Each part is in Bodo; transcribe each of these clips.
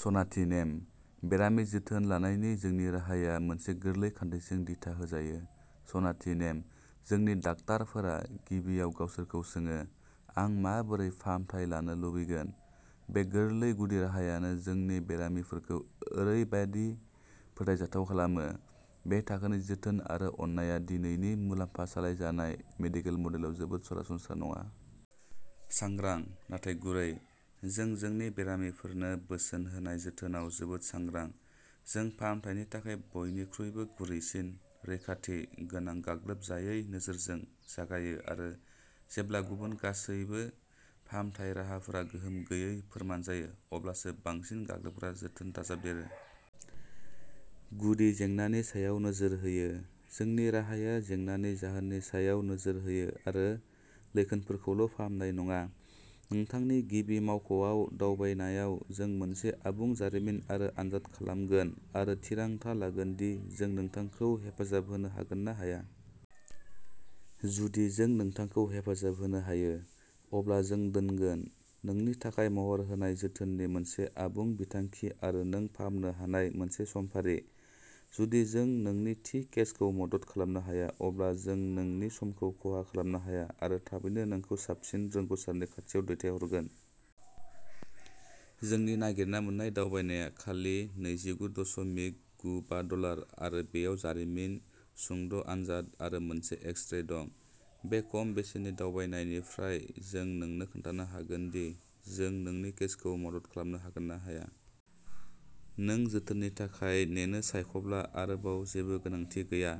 सनाथि नेम। बेरामि जोथोन लानायनि जोंनि राहाया मोनसे गोरलै खान्थिजों दिथा होजायो, सनाथि नेम। जोंनि डाक्टारफोरा गिबियाव गावसोरखौ सोङो, "आं माबोरै फाहामथाय लानो लुबैगोन?" बे गोरलै गुदि राहायानो जोंनि बेरामिफोरखौ ओरैबादि फोथायजाथाव खालामो, बे थाखोनि जोथोन आरो अननायआ दिनैनि "मुलाम्फा-सालायजानाय" मेडिकेल मडेलाव जोबोद सरासनस्रा नङा। सांग्रां, नाथाय गुरै। जों जोंनि बेरामिफोरनो बोसोन होनाय जोथोनआव जोबोद सांग्रां। जों फाहामथायनि थाखाय बयनिख्रुइबो गुरैसिन, रैखाथि गोनां गाग्लोबजायै नोजोरजों जागायो आरो जेब्ला गुबुन गासैबो फाहामथाय राहाफोरा गोहोम गैयै फोरमान जायो अब्लासो बांसिन गाग्लोबग्रा जोथोन दाजाबदेरो। गुदि जेंनानि सायाव नोजोर होयो। जोंनि राहाया जेंनानि जाहोननि सायाव नोजोर होयो आरो लैखोनफोरखौल' फाहामनाय नङा। नोंथांनि गिबि मावख'आव दावबायनायाव जों मोनसे आबुं जारिमिन आरो आनजाद खालामगोन आरो थिरांथा लागोन दि जों नोंथांखौ हेफाजाब होनो हागोन ना हाया। जुदि जों नोंथांखौ हेफाजाब होनो हायो, अब्ला जों दोनगोन। नोंनि थाखाय महर होनाय जोथोननि मोनसे आबुं बिथांखि आरो नों फाहामनो हानाय मोनसे समफारि। जुदि जों नोंनि थि केसखौ मदद खालामनो हाया अब्ला जों नोंनि समखौ खहा खालामनो हाया आरो थाबैनो नोंखौ साबसिन रोंग'सारनि खाथियाव दैथायहरगोन। जोंनि नागिरना मोन्नाय दावबायनाया खालि नैजिगु दस'मिक गु बा डलार आरो बेयाव जारिमिन, सुंद' आनजाद आरो मोनसे एक्स-रे दं। बे खम बेसेननि दावबायनायनिफ्राय जों नोंनो खोन्थानो हागोन दि जों नोंनि केसखौ मदद खालामनो हागोन ना हाया। नों जोथोननि थाखाय नेनो सायख'ब्ला आरोबाव जेबो गोनांथि गैया।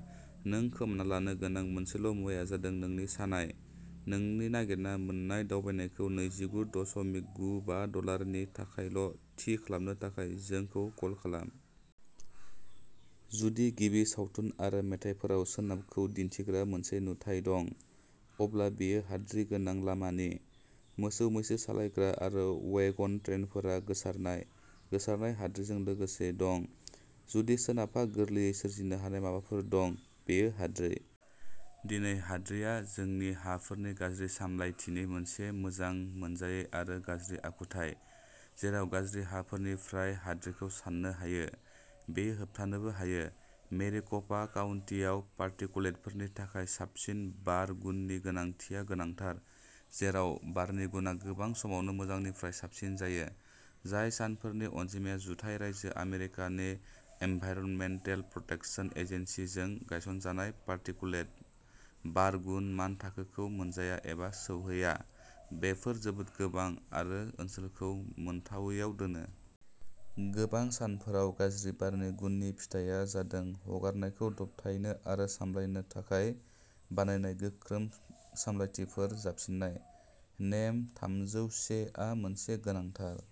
नों खोमाना लानो गोनां मोनसेल' मुवाया जादों नोंनि सानाय, नोंनि नागिरना मोन्नाय दावबायनायखौ नैजिगु दस'मिक गु बा डलार नि थाखायल' थि खालामनो थाखाय जोंखौ कल खालाम। जुदि गिबि सावथुन आरो मेथाइफोराव सोनाबखौ दिन्थिग्रा मोनसे नुथाइ दं, अब्ला बेयो हाद्रि गोनां लामानि। मोसौ-मैसो सालायग्रा आरो वेगन ट्रेनफोरा गोसारनाय, गोसारनाय हाद्रिजों लोगोसे दं। जुदि सोनाबहा गोरलैयै सोरजिनो हानाय माबाफोर दं, बेयो हाद्रि। दिनै, हाद्रि आ जोंनि हाफोरनि गाज्रि सामलायथिनि मोनसे मोजां मोनजायै आरो गाज्रि आखुथाय। जेराव गाज्रि हाफोरनिफ्राय हाद्रिखौ सान्नो हायो, बेयो होबथानोबो हायो। मेरिक'पा काउन्टिआव पार्टिकुलेटफोरनि थाखाय साबसिन बार गुननि गोनांथिआ गोनांथार। जेराव बारनि गुनआ गोबां समावनो मोजांनिफ्राय साबसिन जायो, जाय सानफोरनि अनजिमाया जुथाइ रायजो आमेरिकानि एनभाइरनमेन्टेल प्रटेक्शन एजेन्सि जों गायसनजानाय पार्टिकुलेट बार गुन मान थाखोखौ मोनजाया एबा सौहैया, बेफोर जोबोद गोबां आरो ओनसोलखौ मोनथावैआव दोनो। गोबां सानफोराव गाज्रि बारनि गुननि फिथाइआ जादों हगारनायखौ दबथायनो आरो सामलायनो थाखाय बानायनाय गोख्रों सामलायथिफोर जाबसिननाय। नेम थामजौ से आ मोनसे गोनांथार।